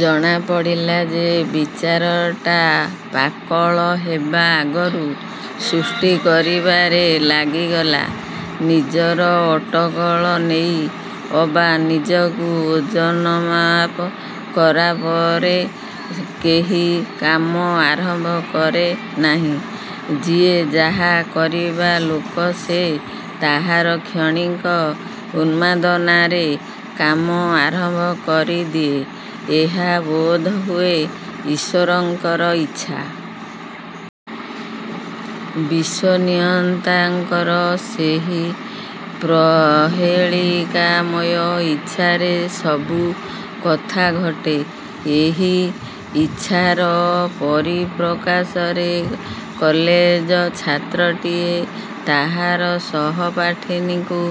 ଜଣାପଡ଼ିଲା ଯେ ବିଚରାଟା ପାକଳ ହେବା ଆଗରୁ ସୃଷ୍ଟି କରିବାରେ ଲାଗିଗଲା। ନିଜର ଅଟକଳ ନେଇ ଅବା ନିଜକୁ ଓଜନମାପ କଲାପରେ କେହି କାମ ଆରମ୍ଭ କରେ ନାହିଁ। ଯିଏ ଯାହା କରିବା ଲୋକ ସେ ତାହାର କ୍ଷଣିକ ଉନ୍ମାଦନାରେ କାମ ଆରମ୍ଭ କରିଦିଏ। ଏହା ବୋଧହୁଏ ଈଶ୍ୱରଙ୍କର ଇଚ୍ଛା। ବିଶ୍ୱନିୟନ୍ତାଙ୍କର ସେହି ପ୍ରହେଳିକାମୟ ଇଚ୍ଛାରେ ସବୁ କଥା ଘଟେ। ଏହି ଇଚ୍ଛାର ପରିପ୍ରକାଶରେ କଲେଜ ଛାତ୍ରଟିଏ ତାହାର ସହପାଠିନୀକୁ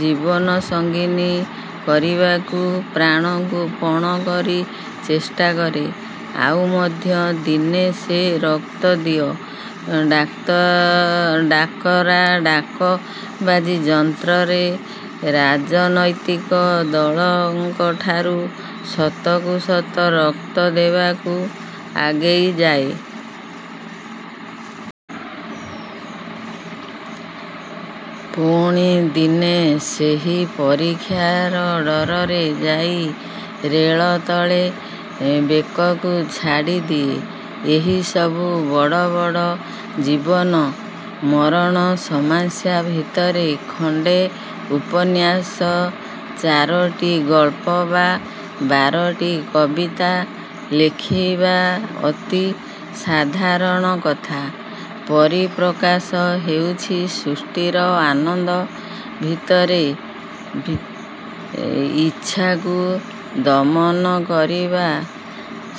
ଜୀବନସଙ୍ଗୀନୀ କରିବାକୁ ପ୍ରାଣକୁ ପଣ କରି ଚେଷ୍ଟା କରେ। ଆଉ ମଧ୍ୟ ଦିନେ ସେ ରକ୍ତ ଦିଅ-ଡାକରା ଡାକବାଜି ଯନ୍ତ୍ରରେ ରାଜନୈତିକ ଦଳଙ୍କଠାରୁ ସତକୁ ସତ ରକ୍ତ ଦେବାକୁ ଆଗେଇ ଯାଏ। ପୁଣି ଦିନେ ସେହି ପରୀକ୍ଷାର ଡରରେ ଯାଇ ରେଳ ତଳେ ବେକକୁ ଛାଡ଼ିଦିଏ। ଏହିସବୁ ବଡ଼ ବଡ଼ ଜୀବନ-ମରଣ ସମସ୍ୟା ଭିତରେ ଖଣ୍ଡେ ଉପନ୍ୟାସ, ଚାରୋଟି ଗଳ୍ପ ବା ବାରୋଟି କବିତା ଲେଖିବା ଅତି ସାଧାରଣ କଥା। ପରିପ୍ରକାଶ ହେଉଛି ସୃଷ୍ଟିର ଆନନ୍ଦ। ଭିତରର ଇଚ୍ଛାକୁ ଦମନ କରିବା ବା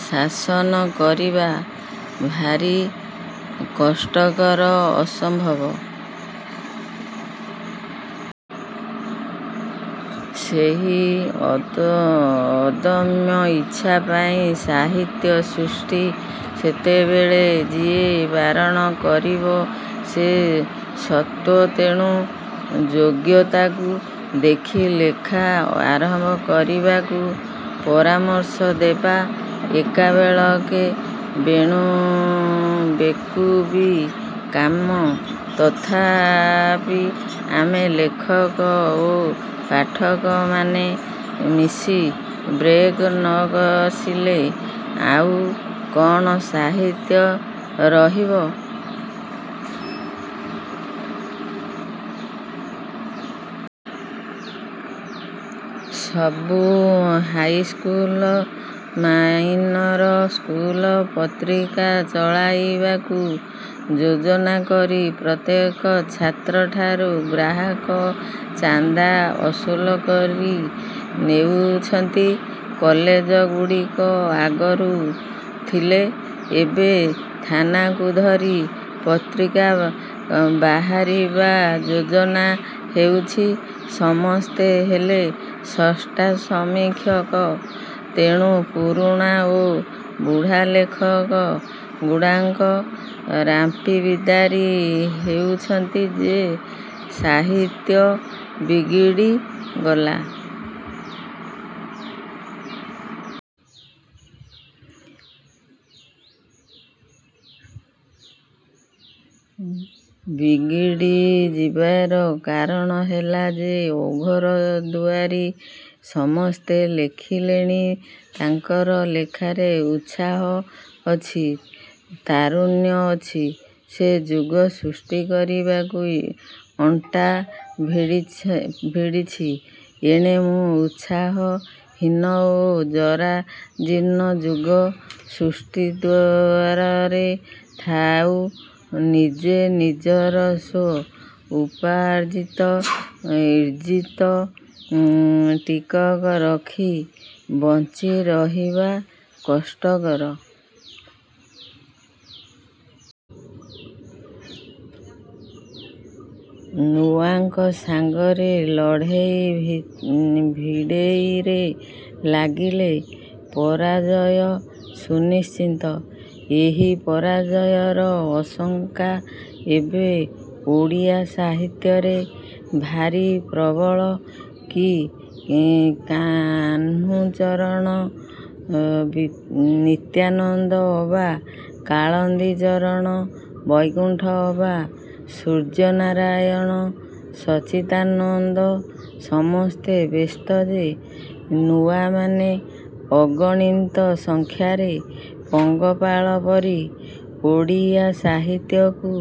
ଶାସନ କରିବା ଭାରି କଷ୍ଟକର-ଅସମ୍ଭବ। ସେହି ଅଦମ୍ୟ ଇଚ୍ଛା ପାଇଁ ସାହିତ୍ୟ ସୃଷ୍ଟି। ସେତେବେଳେ ଯିଏ ବାରଣ କରିବ-ସେ ଶତୃ। ତେଣୁ ଯୋଗ୍ୟତାକୁ ଦେଖି ଲେଖା ଆରମ୍ଭ କରିବାକୁ ପରାମର୍ଶ ଦେବା ଏକାବେଳକେ ବେକୁବି କାମ। ତଥାପି ଆମେ ଲେଖକ ଓ ପାଠକମାନେ ମିଶି ବ୍ରେକ୍ ନ କଷିଲେ ଆଉ କ'ଣ ସାହିତ୍ୟ ରହିବ? ସବୁ ହାଇସ୍କୁଲ, ମାଇନର ସ୍କୁଲ ପତ୍ରିକା ଚଳାଇବାକୁ ଯୋଜନା କରି ପ୍ରତ୍ୟେକ ଛାତ୍ରଠାରୁ ଗ୍ରାହକ ଚାନ୍ଦା ଅସୁଲ କରି ନେଉଛନ୍ତି। କଲେଜ ଗୁଡ଼ିକ ଆଗରୁ ଥିଲେ। ଏବେ ଥାନାକୁ ଧରି ପତ୍ରିକା ବାହାରିବା ଯୋଜନା ହେଉଛି। ସମସ୍ତେ ହେଲେ ସ୍ରଷ୍ଟା ସମୀକ୍ଷକ। ତେଣୁ ପୁରୁଣା ଓ ବୁଢ଼ା ଲେଖକ ଗୁଡ଼ାକ ରାମ୍ପି ବିଦାରି ହେଉଛନ୍ତି ଯେ ସାହିତ୍ୟ ବିଗିଡ଼ିଗଲା। ବିଗିଡ଼ିଯିବାର କାରଣ ହେଲା ଯେ ଅଘୋରଦୁଆରୀ ସମସ୍ତେ ଲେଖିଲେଣି। ତାଙ୍କର ଲେଖାରେ ଉତ୍ସାହ ଅଛି-ତାରୁଣ୍ୟ ଅଛି। ସେ ଯୁଗ ସୃଷ୍ଟି କରିବାକୁ ଅଣ୍ଟା ଭିଡ଼ିଛି। ଏଣେ ମୁଁ ଉତ୍ସାହ-ହୀନ ଓ ଜରାଜୀର୍ଣ୍ଣ। ଯୁଗ ସୃଷ୍ଟି ଦୂରରେ ଥାଉ ନିଜେ ନିଜର ସ୍ୱ-ଉପାର୍ଜିତ ଇଜ୍ଜତ ଟିକକ ରଖି ବଞ୍ଚି ରହିବା କଷ୍ଟକର। ନୂଆଙ୍କ ସାଙ୍ଗରେ ଲଢ଼େଇ ଭିଡ଼େଇରେ ଲାଗିଲେ ପରାଜୟ ସୁନିଶ୍ଚିତ-। ଏହି ପରାଜୟର ଆଶଙ୍କା ଏବେ ଓଡ଼ିଆ ସାହିତ୍ୟରେ ଭାରି ପ୍ରବଳ। କି କାହ୍ନୁଚରଣ ନିତ୍ୟାନନ୍ଦ ଅବା କାଳିନ୍ଦୀଚରଣ ବୈକୁଣ୍ଠ ଅବା ସୂର୍ଯ୍ୟନାରାୟଣ ସଚ୍ଚିଦାନନ୍ଦ ସମସ୍ତେ ବ୍ୟସ୍ତ ଯେ ନୂଆମାନେ ଅଗଣିତ ସଂଖ୍ୟାରେ ପଙ୍ଗପାଳ ପରି ଓଡ଼ିଆ ସାହିତ୍ୟକୁ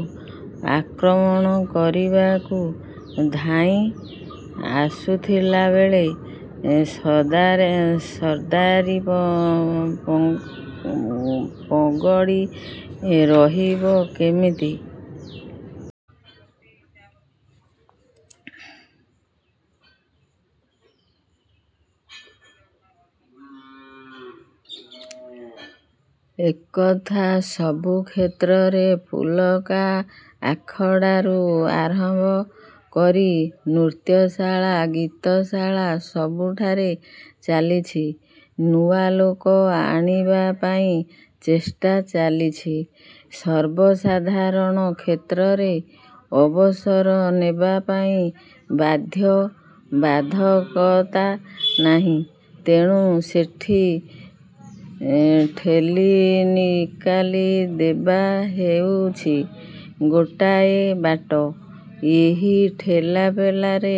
ଆକ୍ରମଣ କରିବାକୁ ଧାଇଁ ଆସୁଥିଲାବେଳେ ସର୍ଦାରି ପଗଡ଼ି ରହିବ କେମିତି? ଏକଥା। ସବୁ କ୍ଷେତ୍ରରେ ଫୁଲକା ଆଖଡ଼ାରୁ ଆରମ୍ଭ କରି ନୃତ୍ୟଶାଳା, ଗୀତଶାଳା ସବୁଠାରେ ଚାଲିଛି। ନୂଆ ଲୋକ ଆଣିବା ପାଇଁ ଚେଷ୍ଟା ଚାଲିଛି। ସର୍ବସାଧାରଣ କ୍ଷେତ୍ରରେ ଅବସର ନେବା ପାଇଁ ବାଧ୍ୟ ବାଧକତା ନାହିଁ। ତେଣୁ ଠେଲି ନିକାଲି ଦେବା ହେଉଛି ଗୋଟାଏ ବାଟ। ଏହି ଠେଲାପେଲାରେ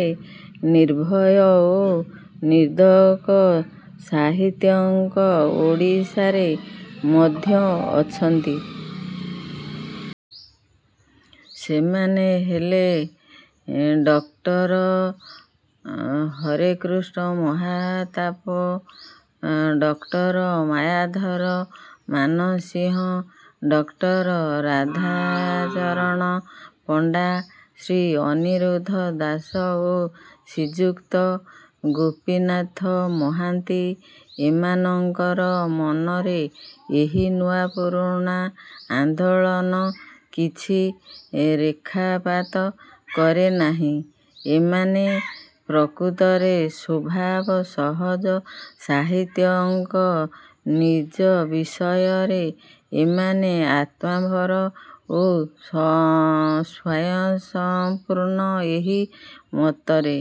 ନିର୍ଭୟ ଓ ନିଦକ ସାହିତ୍ୟିକ ଓଡ଼ିଶାରେ ମଧ୍ୟ ଅଛନ୍ତି। ସେମାନେ ହେଲେ doctor Harekrushna Mahtab, doctor Mayadhar Mansingh, doctor Radhacharan Panda, Shri Aniruddha Das ଓ ଶ୍ରୀଯୁକ୍ତ ଗୋପୀନାଥ ମହାନ୍ତି। ଏମାନଙ୍କର ମନରେ ଏହି ନୂଆ ପୁରୁଣା ଆନ୍ଦୋଳନ କିଛି ରେଖାପାତ କରେ ନାହିଁ। ଏମାନେ ପ୍ରକୃତରେ ସ୍ୱଭାବ ସହଜ ସାହିତ୍ୟିକ-। ନିଜ ବିଷୟରେ ଏମାନେ ଆତ୍ମମ୍ଭର ଓ ସ୍ୱୟଂସଂପୂର୍ଣ୍ଣ। ଏହି ମତରେ